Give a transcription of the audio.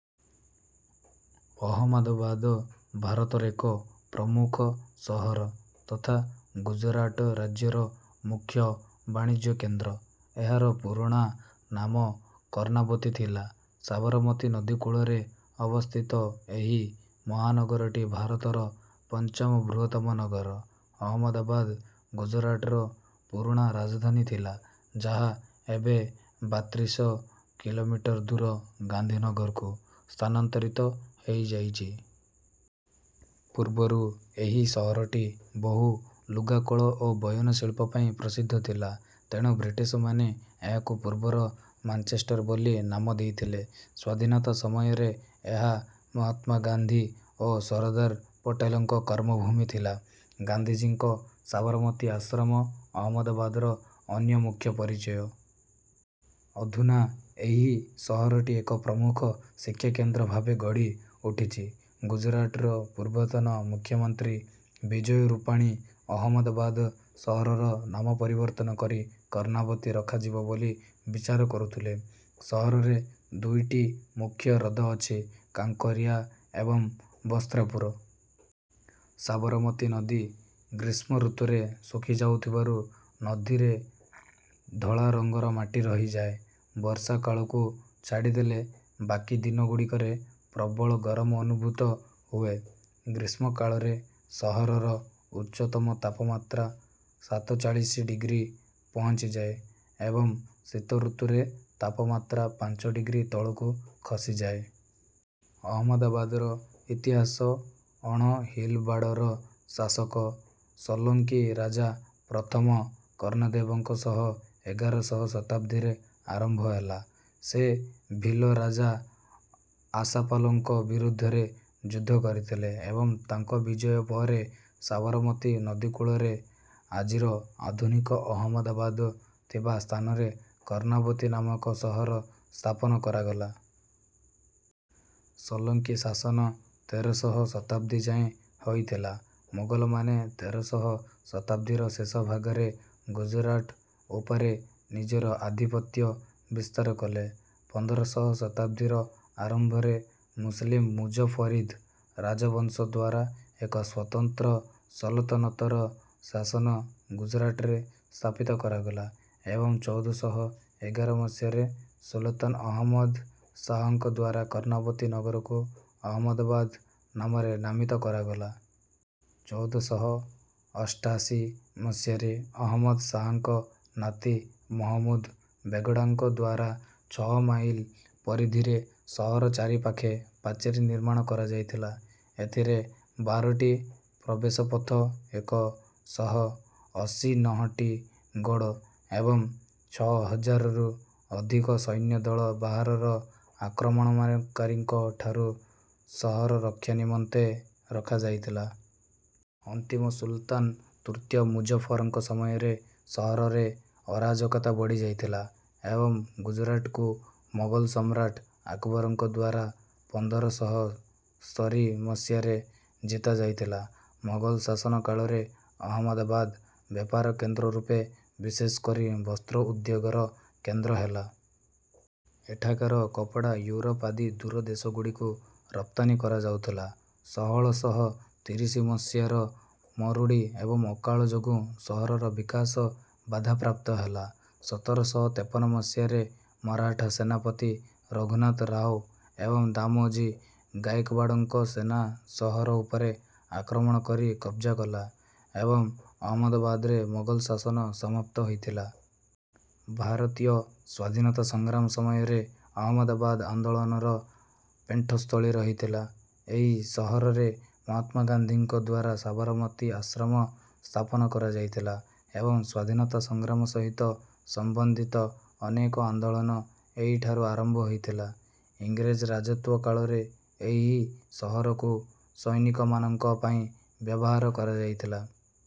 ଅହମଦାବାଦ ଭାରତର ଏକ ପ୍ରମୁଖ ସହର ତଥା ଗୁଜରାଟ ରାଜ୍ୟର ମୁଖ୍ୟ ବାଣିଜ୍ୟ କେନ୍ଦ୍ର। ଏହାର ପୁରୁଣା ନାମ କର୍ଣ୍ଣାବତୀ ଥିଲା। ସାବରମତୀ ନଦୀ କୂଳରେ ଅବସ୍ଥିତ ଏହି ମହାନଗରଟି ଭାରତର ପଞ୍ଚମ ବୃହତ୍ତମ ନଗର। ଅହମଦାବାଦ ଗୁଜରାଟର ପୁରୁଣା ରାଜଧାନୀ ଥିଲା ଯାହା ଏବେ ବାତ୍ରିଶ କିଲୋମିଟର ଦୂର ଗାନ୍ଧୀନଗରକୁ ସ୍ଥାନାନ୍ତରିତ ହେଇଯାଇଛି। ପୂର୍ବରୁ ଏହି ସହରଟି ବହୁ ଲୁଗାକଳ ଓ ବୟନଶିଳ୍ପ ପାଇଁ ପ୍ରସିଦ୍ଧ ଥିଲା ତେଣୁ ବ୍ରିଟିଶମାନେ ଏହାକୁ ପୂର୍ବର ମାଞ୍ଚେଷ୍ଟର ବୋଲି ନାମ ଦେଇଥିଲେ। ସ୍ୱାଧୀନତା ସମୟରେ ଏହା ମହାତ୍ମା ଗାନ୍ଧୀ ଓ ସରଦାର ପଟେଲଙ୍କ କର୍ମଭୂମି ଥିଲା। ଗାନ୍ଧୀଜୀଙ୍କ ସାବରମତୀ ଆଶ୍ରମ ଅହମଦାବାଦର ଅନ୍ୟ ମୁଖ୍ୟ ପରିଚୟ। ଅଧୁନା ଏହି ସହରଟି ଏକ ପ୍ରମୁଖ ଶିକ୍ଷା କେନ୍ଦ୍ର ଭାବେ ଗଢ଼ି ଉଠିଛି। ଗୁଜରାଟର ପୂର୍ବତନ ମୁଖ୍ୟମନ୍ତ୍ରୀ ବିଜୟ ରୂପାଣୀ ଅହମ୍ମଦାବାଦ ସହରର ନାମ ପରିବର୍ତ୍ତନ କରି କର୍ଣ୍ଣାବତୀ ରଖାଯିବ ବୋଲି ବିଚାର କରୁଥିଲେ। ସହରରେ ଦୁଇଟି ମୁଖ୍ୟ ହ୍ରଦ ଅଛି କାଙ୍କରିଆ ଏବଂ ବସ୍ତ୍ରାପୁର। ସାବରମତୀ ନଦୀ ଗ୍ରୀଷ୍ମ ଋତୁରେ ଶୁଖି ଯାଉଥିବାରୁ ନଦୀରେ ଧଳା ରଙ୍ଗର ମାଟି ରହିଯାଏ। ବର୍ଷା କାଳକୁ ଛାଡ଼ିଦେଲେ ବାକି ଦିନଗୁଡ଼ିକରେ ପ୍ରବଳ ଗରମ ଅନୁଭୂତ ହୁଏ। ଗ୍ରୀଷ୍ମ କାଳରେ ସହରର ଉଚ୍ଚତମ ତାପମାତ୍ରା ସାତଚାଳିଶି ଡିଗ୍ରୀ ପହଞ୍ଚିଯାଏ ଏବଂ ଶୀତ ଋତୁରେ ତାପମାତ୍ରା ପାଞ୍ଚ ଡିଗ୍ରୀ ତଳକୁ ଖସିଯାଏ। ଅହମଦାବାଦର ଇତିହାସ ଅଣହିଲବାଡ଼ର ଶାସକ ସୋଲଙ୍କୀ ରାଜା ପ୍ରଥମ କର୍ଣ୍ଣଦେବଙ୍କ ସହ ଏଗାରଶହ ଶତାବ୍ଦୀରେ ଆରମ୍ଭ ହେଲା। ସେ ଭୀଲ ରାଜା ଆଶାପାଲଙ୍କ ବିରୁଦ୍ଧରେ ଯୁଦ୍ଧ କରିଥିଲେ ଏବଂ ତାଙ୍କ ବିଜୟ ପରେ ସାବରମତୀ ନଦୀ କୂଳରେ ଆଜିର ଆଧୁନିକ ଅହମଦାବାଦ ଥିବା ସ୍ଥାନରେ କର୍ଣ୍ଣାବତୀ ନାମକ ସହର ସ୍ଥାପନ କରାଗଲା। ସୋଲଙ୍କୀ ଶାସନ ତେରଶହ ଶତାବ୍ଦୀ ଯାଏଁ ହୋଇଥିଲା ମୋଗଲମାନେ ତେରଶହ ଶତାବ୍ଦୀର ଶେଷ ଭାଗରେ ଗୁଜରାଟ ଉପରେ ନିଜର ଆଧିପତ୍ୟ ବିସ୍ତାର କଲେ। ପନ୍ଦରଶହ ଶତାବ୍ଦୀର ଆରମ୍ଭରେ ମୁସଲିମ ମୁଜଫରିଦ ରାଜବଂଶ ଦ୍ୱାରା ଏକ ସ୍ୱତନ୍ତ୍ର ସଲତନତର ଶାସନ ଗୁଜରାଟରେ ସ୍ଥାପିତ କରାଗଲା ଏବଂ ଚଉଦ ଶହ ଏଗାର ମସିହାରେ ସୁଲତାନ ଅହମଦ ଶାହଙ୍କ ଦ୍ୱାରା କର୍ଣ୍ଣାବତୀ ନଗରକୁ ଅହମଦାବାଦ ନାମରେ ନାମିତ କରାଗଲା। ଚଉଦ ଶହ ଅଷ୍ଟାଶୀ ମସିହାରେ ଅହମଦ ଶାହଙ୍କ ନାତି ମହମୁଦ ବେଗଡ଼ାଙ୍କ ଦ୍ୱାରା ଛଅ ମାଇଲ ପରିଧିରେ ସହର ଚାରିପାଖେ ପାଚେରୀ ନିର୍ମାଣ କରାଯାଇଥିଲା। ଏଥିରେ ବାରଟି ପ୍ରବେଶ ପଥ ଏକ ଶହ ଅଶୀ ନଅଟି ଗଡ଼ ଏବଂ ଛଅ ହଜାରରୁ ଅଧିକ ସୈନ୍ୟଦଳ ବାହାରର ଆକ୍ରମଣକାରୀଙ୍କ ଠାରୁ ସହର ରକ୍ଷା ନିମନ୍ତେ ରଖାଯାଇଥିଲା। ଅନ୍ତିମ ସୁଲତାନ ତୃତୀୟ ମୁଜଫରଙ୍କ ସମୟରେ ସହରରେ ଅରାଜକତା ବଢ଼ି ଯାଇଥିଲା ଏବଂ ଗୁଜରାଟକୁ ମୋଗଲ ସମ୍ରାଟ ଅକବରଙ୍କ ଦ୍ୱାରା ପନ୍ଦର ଶହ ସ୍ତରୀ ମସିହାରେ ଜିତା ଯାଇଥିଲା। ମୋଗଲ ଶାସନ କାଳରେ ଅହମଦାବାଦ ବେପାର କେନ୍ଦ୍ର ରୂପେ ବିଶେଷ କରି ବସ୍ତ୍ର ଉଦ୍ୟୋଗର କେନ୍ଦ୍ର ହେଲା। ଏଠାକାର କପଡ଼ା ୟୁରୋପ ଆଦି ଦୂର ଦେଶଗୁଡ଼ିକୁ ରପ୍ତାନି କରାଯାଉଥିଲା। ଷୋହଳ ଶହ ତିରିଶ ମସିହାର ମରୁଡ଼ି ଏବଂ ଅକାଳ ଯୋଗୁଁ ସହରର ବିକାଶ ବାଧାପ୍ରାପ୍ତ ହେଲା। ସତର ଶହ ତେପନ ମସିହାରେ ମରାଠା ସେନାପତି ରଘୁନାଥ ରାଓ ଏବଂ ଦାମଜୀ ଗାୟକବାଡ଼ଙ୍କ ସେନା ସହର ଉପରେ ଆକ୍ରମଣ କରି କବଜା କଲା ଏବଂ ଅହମଦାବାଦରେ ମୋଗଲ ଶାସନ ସମାପ୍ତ ହୋଇଥିଲା। ଭାରତୀୟ ସ୍ୱାଧୀନତା ସଂଗ୍ରାମ ସମୟରେ ଅହମଦାବାଦ ଆନ୍ଦୋଳନର ପେଣ୍ଠସ୍ଥଳୀ ରହିଥିଲା। ଏହି ସହରରେ ମହାତ୍ମା ଗାନ୍ଧୀଙ୍କ ଦ୍ୱାରା ସାବରମତୀ ଆଶ୍ରମ ସ୍ଥାପନ କରାଯାଇଥିଲା ଏବଂ ସ୍ୱାଧୀନତା ସଂଗ୍ରାମ ସହିତ ସମ୍ବନ୍ଧିତ ଅନେକ ଆନ୍ଦୋଳନ ଏହିଠାରୁ ଆରମ୍ଭ ହୋଇଥିଲା। ଇଂରେଜ ରାଜତ୍ୱ କାଳରେ ଏହି ସହରକୁ ସୈନିକମାନଙ୍କ ପାଇଁ ବ୍ୟବହାର କରାଯାଇଥିଲା।